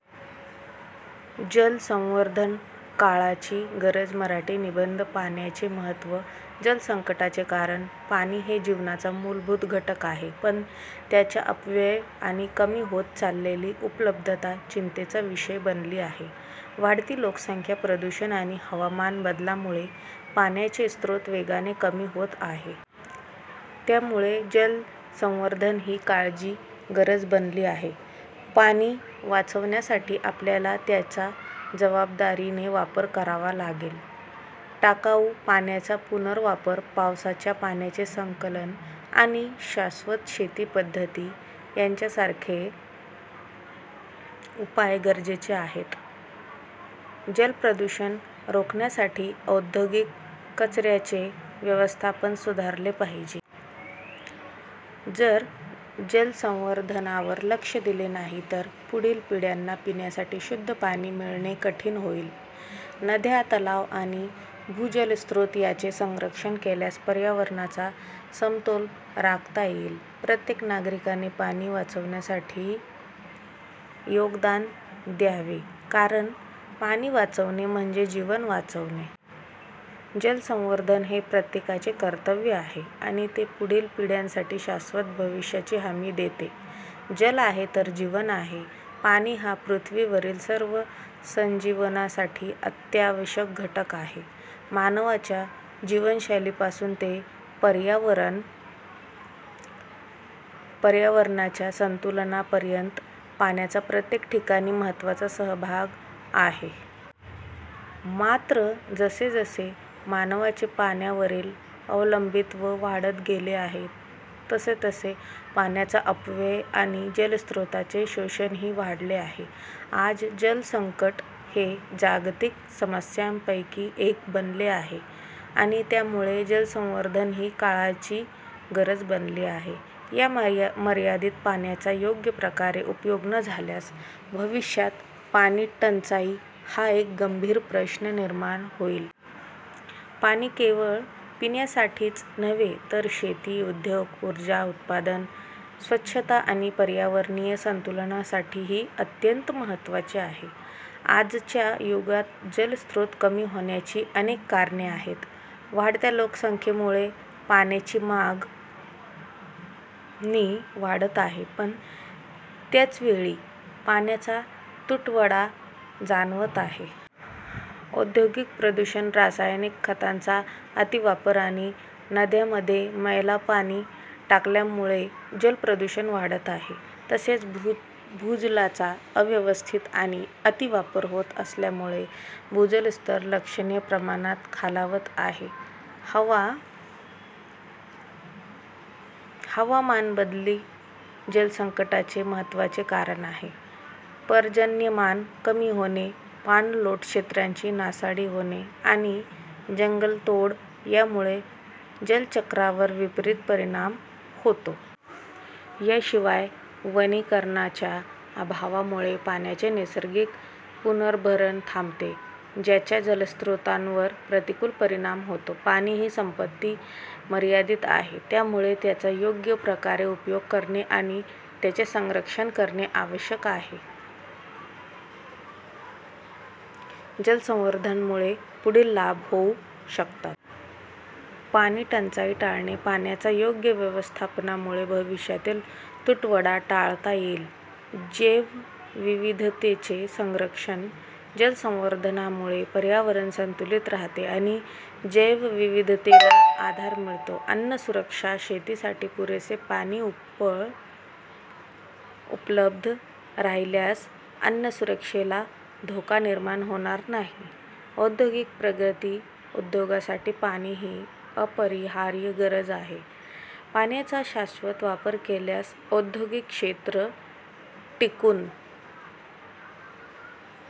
जलसंवर्धन काळाची गरज मराठी निबंध, पाण्याचे महत्त्व, जलसंकटाचे कारण. पाणी हे जीवनाचा मूलभूत घटक आहे, पण त्याचा अपव्यय आणि कमी होत चाललेली उपलब्धता चिंतेचा विषय बनली आहे. वाढती लोकसंख्या, प्रदूषण आणि हवामान बदलामुळे पाण्याचे स्रोत वेगाने कमी होत आहेत. त्यामुळे जलसंवर्धन ही काळाची गरज बनली आहे. पाणी वाचवण्यासाठी आपल्याला त्याचा जबाबदारीने वापर करावा लागेल. टाकाऊ पाण्याचा पुनर्वापर, पावसाच्या पाण्याचे संकलन आणि शाश्वत शेती पद्धती यांसारखे उपाय गरजेचे आहेत. जलप्रदूषण रोखण्यासाठी औद्योगिक कचऱ्याचे व्यवस्थापन सुधारले पाहिजे. जर जलसंवर्धनावर लक्ष दिले नाही तर पुढील पिढ्यांना पिण्यासाठी शुद्ध पाणी मिळणे कठीण होईल. नद्या, तलाव आणि भूजल स्रोत यांचे संरक्षण केल्यास पर्यावरणाचा समतोल राखता येईल. प्रत्येक नागरिकाने पाणी वाचवण्यासाठी योगदान द्यावे, कारण पाणी वाचवणे म्हणजे जीवन वाचवणे. जलसंवर्धन हे प्रत्येकाचे कर्तव्य आहे आणि ते पुढील पिढ्यांसाठी शाश्वत भविष्याची हमी देते. जल आहे तर जीवन आहे. पाणी हा पृथ्वीवरील सर्व सजीवांसाठी अत्यावश्यक घटक आहे. मानवाच्या जीवनशैलीपासून ते पर्यावरणाच्या संतुलनापर्यंत, पाण्याचा प्रत्येक ठिकाणी महत्त्वाचा सहभाग आहे. मात्र, जसजसे मानवाचे पाण्यावरील अवलंबित्व वाढत गेले आहे, तसतसे पाण्याचा अपव्यय आणि जलस्रोतांचे शोषणही वाढले आहे. आज जलसंकट हे जागतिक समस्यांपैकी एक बनले आहे आणि त्यामुळे जलसंवर्धन ही काळाची गरज बनली आहे. या मर्यादित पाण्याचा योग्य प्रकारे उपयोग न झाल्यास भविष्यात पाणीटंचाई हा एक गंभीर प्रश्न निर्माण होईल. पाणी केवळ पिण्यासाठीच नव्हे, तर शेती, उद्योग, ऊर्जा उत्पादन, स्वच्छता आणि पर्यावरणीय संतुलनासाठीही अत्यंत महत्त्वाचे आहे. आजच्या युगात जलस्रोत कमी होण्याची अनेक कारणे आहेत. वाढत्या लोकसंख्येमुळे पाण्याची मागणी वाढत आहे, पण त्याच वेळी पाण्याचा तुटवडा जाणवत आहे. औद्योगिक प्रदूषण, रासायनिक खतांचा अतिवापर आणि नद्यांमध्ये मैलापाणी टाकल्यामुळे जलप्रदूषण वाढत आहे. तसेच, भूजलाचा अव्यवस्थित आणि अतिवापर होत असल्यामुळे भूजलस्तर लक्षणीय प्रमाणात खालावत आहे. हवामान बदलही जलसंकटाचे महत्त्वाचे कारण आहे. पर्जन्यमान कमी होणे, पाणलोट क्षेत्रांची नासाडी होणे आणि जंगलतोड यामुळे जलचक्रावर विपरीत परिणाम होतो. याशिवाय, वनीकरणाच्या अभावामुळे पाण्याचे नैसर्गिक पुनर्भरण थांबते, ज्याचा जलस्रोतांवर प्रतिकूल परिणाम होतो. पाणी ही संपत्ती मर्यादित आहे. त्यामुळे त्याचा योग्य प्रकारे उपयोग करणे आणि त्याचे संरक्षण करणे आवश्यक आहे. जलसंवर्धनामुळे पुढील लाभ होऊ शकतात. पाणीटंचाई टाळणे, पाण्याच्या योग्य व्यवस्थापनामुळे भविष्यातील तुटवडा टाळता येईल. जैवविविधतेचे संरक्षण, जलसंवर्धनामुळे पर्यावरण संतुलित राहते आणि जैवविविधतेला आधार मिळतो. अन्नसुरक्षा, शेतीसाठी पुरेसे पाणी उपलब्ध राहिल्यास अन्नसुरक्षेला धोका निर्माण होणार नाही. औद्योगिक प्रगती, उद्योगांसाठी पाणी ही अपरिहार्य गरज आहे. पाण्याचा शाश्वत वापर केल्यास औद्योगिक क्षेत्र टिकून